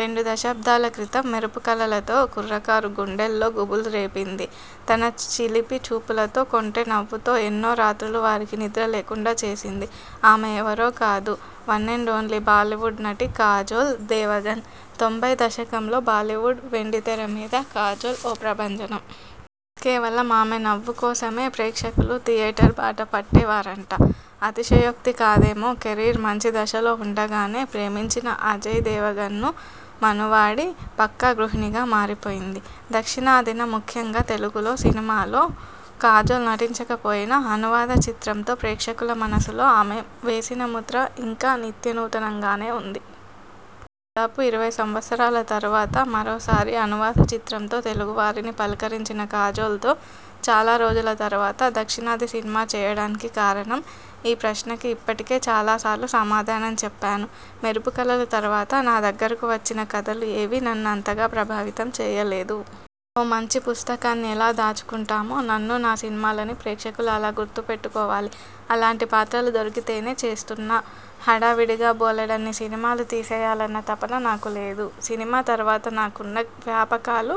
రెండు దశాబ్దాల క్రితం 'మెరుపు కలలతో' కుర్రకారు గుండెల్లో గుబులు రేపింది. తన చిలిపి చూపులతో, కొంటె నవ్వుతో ఎన్నో రాత్రులు వారికి నిద్ర లేకుండా చేసింది. ఆమె ఎవరో కాదు ఒన్ అండ్ ఓన్లీ బాలీవుడ్ నటి కాజోల్ దేవగన్. తొంభై దశకంలో బాలీవుడ్ వెండితెర మీద కాజోల్ ఓ ప్రభంజనం. కేవలం ఆమె నవ్వు కోసమే ప్రేక్షకులు థియేటర్ బాట పట్టేవారంటే అతిశయోక్తి కాదేమో! కెరీర్ మంచి దశలో ఉండగానే ప్రేమించిన అజయ్ దేవగన్ను మనువాడి పక్కా గృహిణిగా మారిపోయింది. దక్షిణాదిన ముఖ్యంగా తెలుగులో సినిమాలో కాజోల్ నటించకపోయినా అనువాద చిత్రంతో ప్రేక్షకుల మనసులో ఆమె వేసిన ముద్ర ఇంకా నిత్యనూతనంగానే ఉంది. దాదాపు ఇరవై సంవత్సరాల తరువాత మరోసారి అనువాద చిత్రంతో తెలుగువారిని పలకరించిన కాజోల్తో చాలారోజుల తరువాత దక్షిణాది సినిమా చేయడానికి కారణం? ఈ ప్రశ్నకి ఇప్పటికే చాలాసార్లు సమాధానం చెప్పాను. 'మెరుపు కలలు' తరువాత నా దగ్గరకు వచ్చిన కథలు ఏవీ నన్ను అంతగా ప్రభావితం చేయలేదు. ఓ మంచి పుస్తకాన్ని ఎలా దాచుకుంటామో, నన్నూ, నా సినిమాలనీ ప్రేక్షకులు అలా గుర్తు పెట్టుకోవాలి. అలాంటి పాత్రలు దొరికితేనే చేస్తున్నా. హడావిడిగా బోలెడన్ని సినిమాలు చేసేయాలన్న తపన నాకు లేదు. సినిమా తరువాత నాకున్న వ్యాపకాలు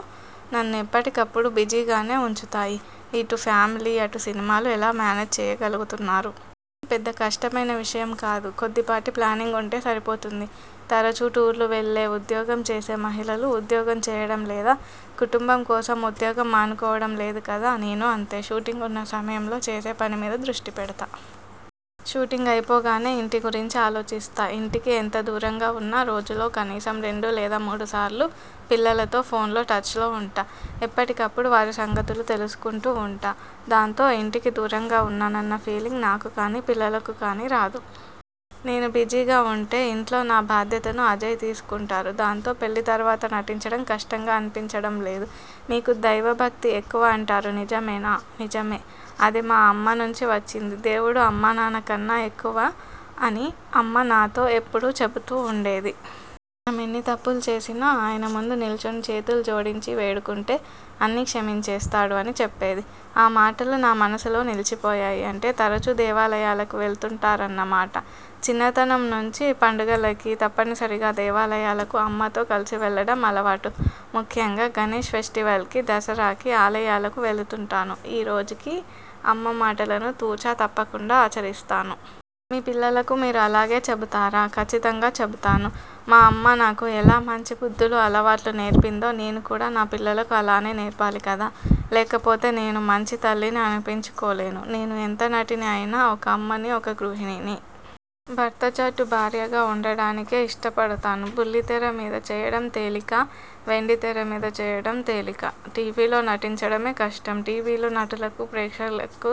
నన్ను ఎప్పటికప్పుడు బిజీగానే ఉంచుతాయి. ఇటు ఫ్యామిలీ, అటు సినిమాలు ఎలా మేనేజ్ చేయగలుగుతున్నారు? అదేమీ పెద్ద కష్టమైన విషయం కాదు. కొద్దిపాటి ప్లానింగ్ ఉంటే సరిపోతుంది. తరచూ టూర్లు వెళ్ళే ఉద్యోగం చేసే మహిళలు ఉద్యోగం చేయడం లేదా? కుటుంబం కోసం ఉద్యోగం మానుకోవడం లేదు కదా! నేనూ అంతే! షూటింగ్ ఉన్న సమయంలో చేసే పనిమీద దృష్టి పెడతా. షూటింగ్ అయిపోగానే ఇంటి గురించి ఆలోచిస్తా. ఇంటికి ఎంత దూరంగా ఉన్నా రోజులో కనీసం రెండు లేదా మూడు సార్లు పిల్లలతో ఫోన్లో టచ్లో ఉంటా! ఎప్పటికప్పుడు వారి సంగతులు తెలుసుకుంటూ ఉంటా! దాంతో ఇంటికి దూరంగా ఉన్నానన్న ఫీలింగ్ నాకు కానీ, పిల్లలకు కానీ రాదు. నేను బిజీగా ఉంటే ఇంట్లో నా బాధ్యతను అజయ్ తీసుకుంటారు. దాంతో పెళ్ళి తరువాత నటించడం కష్టంగా అనిపించడం లేదు. మీకు దైవభక్తి ఎక్కువ అంటారు నిజమేనా? నిజమే. అది మా అమ్మ నుంచి వచ్చింది. దేవుడు అమ్మానాన్న కన్నా ఎక్కువ అని అమ్మ నాతో ఎప్పుడూ చెబుతూ ఉండేది. మనం ఎన్ని తప్పులు చేసినా ఆయన ముందు నిలుచుని చేతులు జోడించి వేడుకుంటే అన్నీ క్షమించేస్తాడు అని చెప్పేది. ఆ మాటలు నా మనసులో నిలిచిపోయాయి. అంటే తరచూ దేవాలయాలకు వెడుతుంటారన్నమాట? చిన్నతనం నుంచి పండుగలకి తప్పనిసరిగా దేవాలయాలకు అమ్మతో కలిసి వెళ్ళడం అలవాటు. ముఖ్యంగా గణేష్ ఫెస్టివల్కీ, దసరాకి ఆలయాలకు వెడుతుంటాను ఈ రోజుకీ అమ్మ మాటలను తూచా తప్పకుండా ఆచరిస్తాను. మీ పిల్లలకు మీరూ అలాగే చెబుతారా? కచ్చితంగా చెబుతాను. మా అమ్మ నాకు ఎలా మంచి బుద్ధులు, అలవాట్లూ నేర్పిందో, నేను కూడా నా పిల్లలకు అలానే నేర్పాలి కదా! లేకపోతే నేను మంచి తల్లిని అనిపించుకోలేను. నేను ఎంత నటిని అయినా ఒక అమ్మనీ, ఒక గృహిణినీ. భర్తచాటు భార్యగా ఉండడానికే ఇష్టపడతాను. బుల్లి తెర మీద చేయడం తేలికా? వెండితెర మీద చేయడం తేలికా? టీవీలో నటించడమే కష్టం. టీవీలు నటులకు ప్రేక్షకులకు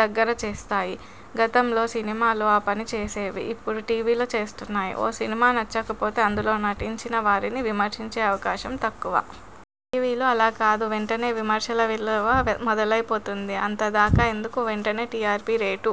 దగ్గర చేస్తాయి. గతంలో సినిమాలు ఆ పని చేసేవి. ఇప్పుడు టీవీలు చేస్తున్నాయి. ఓ సినిమా నచ్చకపోతే అందులో నటించిన వారిని విమర్శించే అవకాశం తక్కువ. టీవీలు అలా కాదు. వెంటనే విమర్శల వెల్లువ మొదలైపోతుంది. అంతదాకా ఎందుకు? వెంటనే టిఆర్పీ రేటు